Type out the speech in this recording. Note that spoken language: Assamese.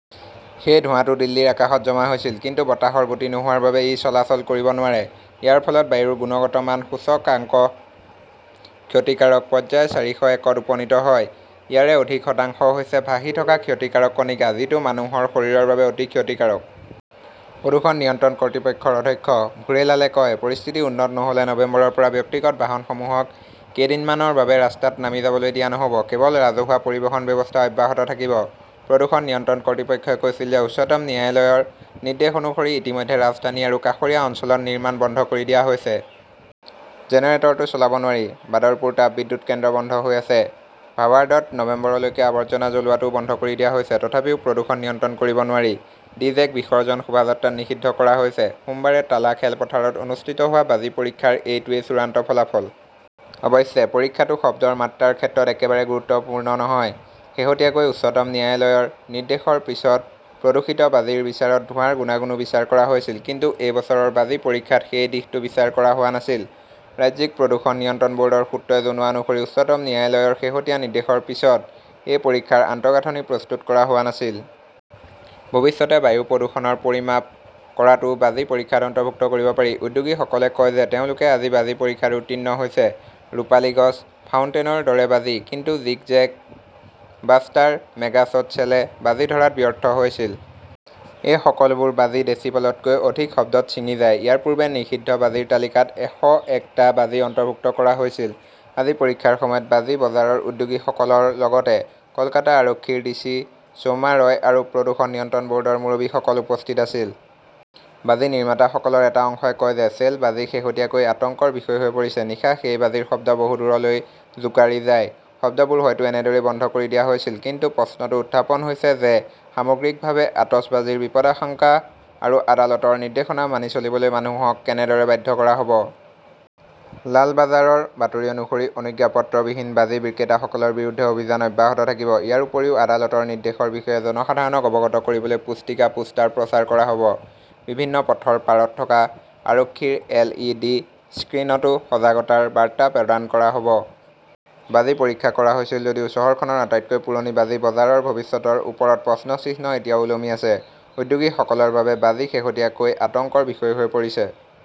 সেই ধোঁৱাটো দিল্লীৰ আকাশত জমা হৈছিল। কিন্তু বতাহৰ গতি নোহোৱাৰ বাবে ই চলাচল কৰিব নোৱাৰে। ইয়াৰ ফলত বায়ুৰ গুণগত মান সূচকাংক ক্ষতিকাৰক পৰ্যায় চাৰিশ একত উপনীত হয়। ইয়াৰে অধিক শতাংশ হৈছে ভাহি থকা ক্ষতিকাৰক কণিকা, যিটো মানুহৰ শৰীৰৰ বাবে অতি ক্ষতিকাৰক। প্ৰদূষণ নিয়ন্ত্ৰণ কৰ্তৃপক্ষৰ অধ্যক্ষ ভুৰেলালে কয়, "পৰিস্থিতি উন্নত নহ" লে নৱেম্বৰৰ পৰা ব্যক্তিগত বাহনসমূহক কেইদিনমানৰ বাবে ৰাস্তাত নামি যাবলৈ দিয়া নহব। কেৱল ৰাজহুৱা পৰিবহণ ব্যৱস্থা অব্যাহত থাকিব"। প্ৰদূষণ নিয়ন্ত্ৰণ কৰ্তৃপক্ষই কৈছিল যে, উচ্চতম ন্যায়ালয়ৰ নিৰ্দেশ অনুসৰি ইতিমধ্যে ৰাজধানী আৰু কাষৰীয়া অঞ্চলত নিৰ্মাণ বন্ধ কৰি দিয়া হৈছে। জেনেৰেটৰটো চলাব নোৱাৰি। বাদৰপুৰ তাপবিদ্যুৎ কেন্দ্ৰ বন্ধ হৈ আছে। ভাৱাৰ্ডত নৱেম্বৰলৈকে আৱৰ্জনা জ্বলোৱাটোও বন্ধ কৰি দিয়া হৈছে। তথাপিও প্ৰদূষণ নিয়ন্ত্ৰণ কৰিব নোৱাৰি। ডি. জে. ক বিসৰ্জন শোভাযাত্ৰাত নিষিদ্ধ কৰা হৈছে। সোমবাৰে টালা খেলপথাৰত অনুষ্ঠিত হোৱা বাজি পৰীক্ষাৰ এইটোৱেই চূড়ান্ত ফলাফল । অৱশ্যে, পৰীক্ষাটো শব্দৰ মাত্ৰাৰ ক্ষেত্ৰত একেবাৰে গুৰুত্বপূৰ্ণ নহয়। শেহতীয়াকৈ উচ্চতম ন্যায়ালয়ৰ নিৰ্দেশৰ পিছত প্ৰদূষিত বাজিৰ বিচাৰত ধোঁৱাৰ গুণাগুণো বিচাৰ কৰা হৈছিল। কিন্তু এই বছৰৰ বাজি পৰীক্ষাত সেই দিশটো বিচাৰ কৰা হোৱা নাছিল। ৰাজ্যিক প্ৰদূষণ নিয়ন্ত্ৰণ বৰ্ডৰ সূত্ৰই জনোৱা অনুসৰি, উচ্চতম ন্যায়ালয়ৰ শেহতীয়া নিৰ্দেশৰ পিছত এই পৰীক্ষাৰ আন্তঃগাঁথনি প্ৰস্তুত কৰা হোৱা নাছিল। ভৱিষ্যতে বায়ু প্ৰদূষণ পৰিমাপ কৰাটোও বাজি পৰীক্ষাত অন্তৰ্ভুক্ত কৰিব পাৰি। উদ্যোগীসকলে কয় যে, তেওঁলোকে আজি বাজি পৰীক্ষাত উত্তীৰ্ণ হৈছে 'ৰূপালী গছ ",' ফাউণ্টেন"ৰ দৰে বাজি। কিন্তু zigzag, buster, mega shot শ্বেলে বাজি ধৰাত ব্যৰ্থ হৈছিল। এই সকলোবোৰ বাজি ডেচিবলতকৈ অধিক শব্দত ছিঙি যায়। ইয়াৰ পূৰ্বে নিষিদ্ধ বাজিৰ তালিকাত এশএকটা বাজি অন্তৰ্ভুক্ত কৰা হৈছিল। আজি পৰীক্ষাৰ সময়ত বাজি বজাৰৰ উদ্যোগীসকলৰ লগতে কলকাতা আৰক্ষীৰ ডিচি সৌম্যা ৰয় আৰু প্ৰদূষণ নিয়ন্ত্ৰণ বৰ্ডৰ মুৰব্বীসকল উপস্থিত আছিল। বাজি নিৰ্মাতাসকলৰ এটা অংশই কয় যে, "শ্বেল" বাজি শেহতীয়াকৈ আতংকৰ বিষয় হৈ পৰিছে। নিশা সেই বাজিৰ শব্দ বহু দূৰলৈ জোকাৰি যায়। শব্দবোৰ হয়তো এনেদৰেই বন্ধ কৰি দিয়া হৈছিল। কিন্তু প্ৰশ্নটো উত্থাপন হৈছে যে, সামগ্ৰিকভাৱে আতচবাজীৰ বিপদাশংকা আৰু আদালতৰ নিৰ্দেশনা মানি চলিবলৈ মানুহক কেনেদৰে বাধ্য কৰা হব? লালবাজাৰৰ বাতৰি অনুসৰি, অনুজ্ঞাপত্ৰবিহীন বাজি বিক্ৰেতাসকলৰ বিৰুদ্ধে অভিযান অব্যাহত থাকিব। ইয়াৰ উপৰিও, আদালতৰ নিৰ্দেশৰ বিষয়ে জনসাধাৰণক অৱগত কৰিবলৈ পুস্তিকা, পোষ্টাৰ প্ৰচাৰ কৰা হব। বিভিন্ন পথৰ পাৰত থকা আৰক্ষীৰ এল. ই. ডি. স্ক্ৰীণতো সজাগতাৰ বাৰ্তা প্ৰদান কৰা হব। বাজি পৰীক্ষা কৰা হৈছিল যদিও, চহৰখনৰ আটাইতকৈ পুৰণি বাজি বজাৰৰ ভৱিষ্যতৰ ওপৰত প্ৰশ্নচিহ্ন এতিয়াও ওলমি আছে। উদ্যোগীসকলৰ বাবে বাজি শেহতীয়াকৈ আতংকৰ বিষয় হৈ পৰিছে।